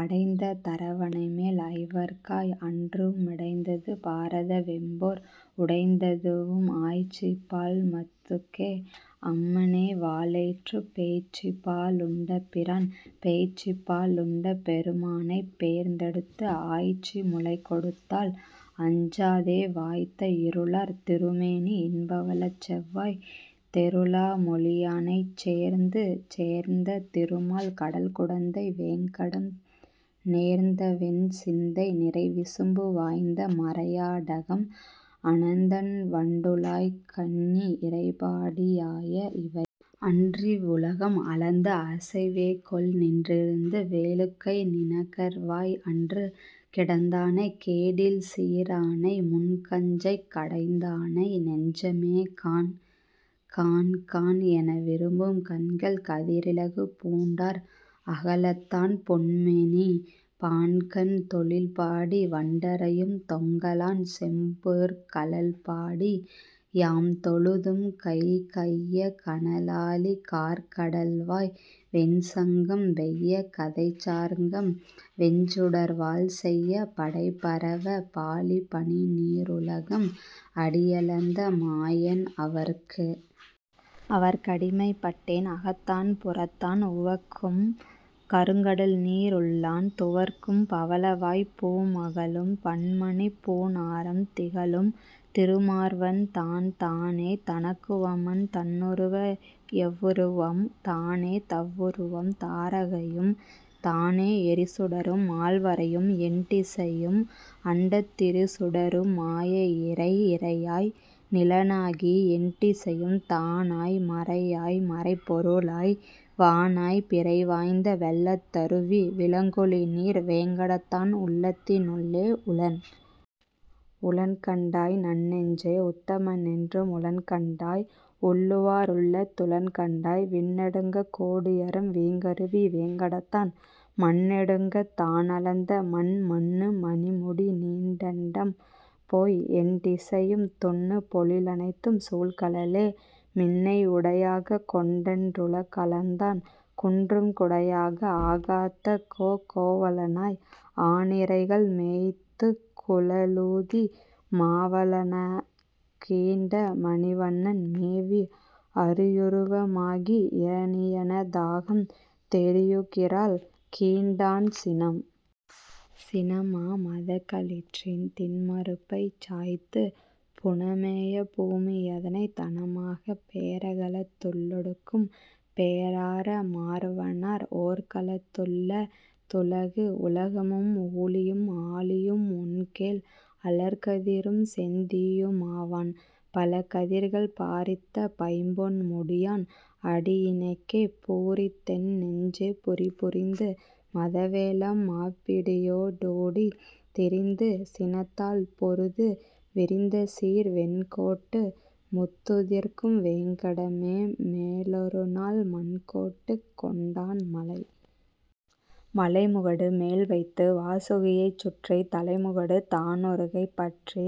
அடைந்த தரவணைமேல் ஐவர்க்காய், அன்று மிடைந்தது பாரத வெம்போர், உடைந்ததுவும் ஆய்ச்சிபால் மத்துக்கே அம்மனே, வாளெயிற்றுப் பேய்ச்சிபா லுண்ட பிரான். பேய்ச்சிபா லுண்ட பெருமானைப் பேர்ந்தெடுத்து, ஆய்ச்சி முலைகொடுத்தாள் அஞ்சாதே, வாய்த்த இருளார் திருமேனி இன்பவளச் செவ்வாய், தெருளா மொழியானைச் சேர்ந்து. சேர்ந்த திருமால் கடல்குடந்தை வேங்கடம் நேர்ந்தவென் சிந்தை நிறைவிசும்பு, வாய்ந்த மறையா டகம்அனந்தன் வண்டுழாய்க் கண்ணி, இறைபாடி யாய இவை. அன்றிவ் வுலகம் அளந்த அசைவேகொல், நின்றிருந்து வேளுக்கை நீணகர்வாய், அன்று கிடந்தானைக் கேடில்சீ ரானை, முன் கஞ்சைக் கடந்தானை நெஞ்சமே. காண். காண்காண் எனவிரும்பும் கண்கள், கதிரிலகு பூண்டார் அகலத்தான் பொன்மேனி, பாண்கண் தொழில்பாடி வண்டறையும் தொங்கலான், செம்பொற் கழல்பாடி யாம்தொழுதும் கை. கைய கனலாழி கார்க்கடல்வாய் வெண்சங்கம், வெய்ய கதைசார்ங்கம் வெஞ்சுடர்வாள், செய்ய படைபரவ பாழி பனிநீ ருலகம், அடியளந்த மாயன் அவற்கு. அவற்கடிமைப் பட்டேன் அகத்தான் புறத்தான், உவக்கும் கருங்கடல்நீ ருள்ளான், துவர்க்கும் பவளவாய்ப் பூமகளும் பன்மணிப்பூ ணாரம், திகழும் திருமார்வன் தான். தானே தனக்குவமன் தன்னுருவே எவ்வுருவும், தானே தவவுருவும் தாரகையும், தானே எரிசுடரும் மால்வரையும் எண்டிசையும், அண்டத் திருசுடரு மாய இறை. இறையாய் நிலனாகி எண்டிசையும் தானாய், மறையாய் மறைப்பொருளாய் வானாய் பிறைவாய்ந்த வெள்ளத் தருவி விளங்கொலிநீர் வேங்கடத்தான், உள்ளத்தி னுள்ளே உளன். உளன்கண்டாய் நன்னெஞ்சே. உத்தம னென்றும் உளன்கண்டாய், உள்ளுவா ருள்ளத் துளன்கண்டாய், விண்ணெடுங்கக் கோடுயரும் வீங்கருவி வேங்கடத்தான், மண்ணெடுங்கத் தானளந்த மன். மன்னு மணிமுடிநீண் டண்டம்போய் எண்டிசையும், துன்னு பொழிலனைத்தும் சூழ்கழலே, மின்னை உடையாகக் கொண்டன் றுலகளந்தான், குன்றும் குடையாக ஆகாத்த கோ. கோவலனாய் ஆநிரைகள் மேய்த்துக் குழலூதி, மாவலனாய்க் கீண்ட மணிவண்ணன், மேவி அரியுருவ மாகி இரணியன தாகம், தெரியுகிரால் கீண்டான் சினம். சினமா மதகளிற்றின் திண்மருப்பைச் சாய்த்து, புனமேய பூமி யதனை, தனமாகப் பேரகலத் துள்ளொடுக்கும் பேரார மார்வனார், ஓரகலத் துள்ள துலகு. உலகமும் ஊழியும் ஆழியும், ஒண்கேழ் அலர்கதிரும் செந்தீயு மாவான், பலகதிர்கள் பாரித்த பைம்பொன் முடியான் அடியிணைக்கே, பூரித்தென் நெஞ்சே புரி. புரிந்து மதவேழம் மாப்பிடியோ டூடித், திரிந்து சினத்தால் பொருது, விரிந்தசீர் வெண்கோட்டு முத்துதிர்க்கும் வேங்கடமே, மேலொருநாள் மண்கோட்டுக் கொண்டான் மலை. மலைமுகடு மேல்வைத்து வாசுகியைச் சுற்றி, தலைமுகடு தானொருகை பற்றி,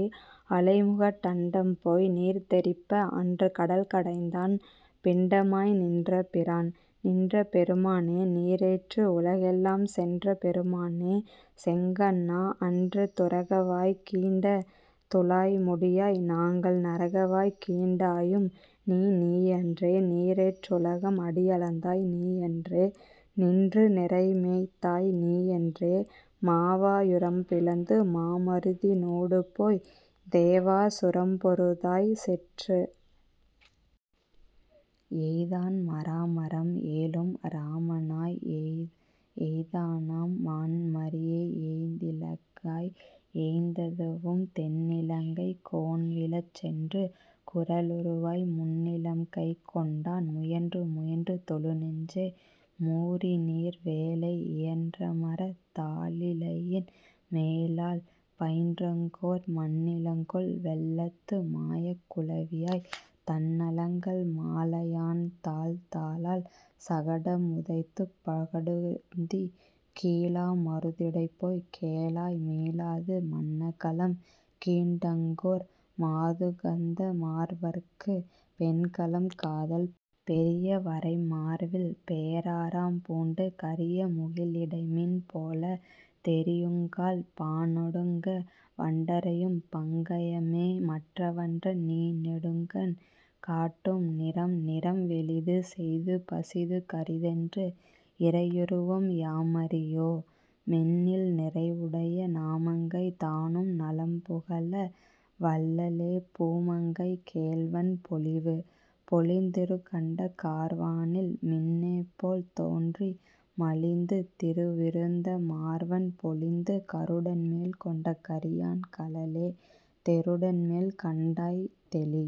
அலைமுகட் டண்டம்போய் நீர்தெறிப்ப அன்று கடல்கடைந்தான், பிண்டமாய் நின்ற பிரான். நின்ற பெருமானே. நீரேற்று, உலகெல்லாம் சென்ற பெருமானே. செங்கண்ணா, அன்று துரகவாய் கீண்ட துழாய்முடியாய், நாங்கள் நரகவாய் கீண்டாயும் நீ. நீயன்றே நீரேற் றுலகம் அடியளந்தாய், நீயன்றே நின்று நிரைமேய்த்தாய் நீயன்றே மாவா யுரம்பிளந்து மாமருதி னூடுபோய், தேவா சுரம்பொருதாய் செற்று? எய்தான் மராமரம் ஏழும் இராமனாய், எய்தானம் மான்மறியை ஏந்திழைக்காய், எய்ததுவும் தென்னிலங்கைக் கோன்வீழச் சென்று குறளுருவாய் முன்னிலம்கைக் கொண்டான் முயன்று. முயன்று தொழுநெஞ்சே. மூரிநீர் வேலை, இயன்றமரத் தாலிலையின் மேலால், பயின்றங்கோர் மண்ணலங்கொள் வெள்ளத்து மாயக் குழவியாய், தண்ணலங்கல் மாலையான் தாள். தாளால் சகடம் உதைத்துப் பகடுந்தி, கீளா மருதிடைபோய்க் கேழலாய், மீளாது மண்ணகலம் கீண்டங்கோர் மாதுகந்த மார்வற்கு, பெண்ணகலம் காதல் பெரிது. பெரிய வரைமார்வில் பேராரம் பூண்டு, கரிய முகிலிடைமின் போல, தெரியுங்கால் பாணொடுங்க வண்டறையும் பங்கயமே, மற்றவன்றன் நீணெடுங்கண் காட்டும் நிறம். நிறம்வெளிது செய்து பசிது கரிதென்று, இறையுருவம் யாமறியோ மெண்ணில், நிறைவுடைய நாமங்கை தானும் நலம்புகழ வல்லளே, பூமங்கை கேள்வன் பொலிவு? பொலிந்திருகண்ட கார்வானில் மின்னேபோல் தோன்றி, மலிந்து திருவிருந்த மார்வன், பொலிந்து கருடன்மேல் கொண்ட கரியான் கழலே, தெருடன்மேல் கண்டாய் தெளி.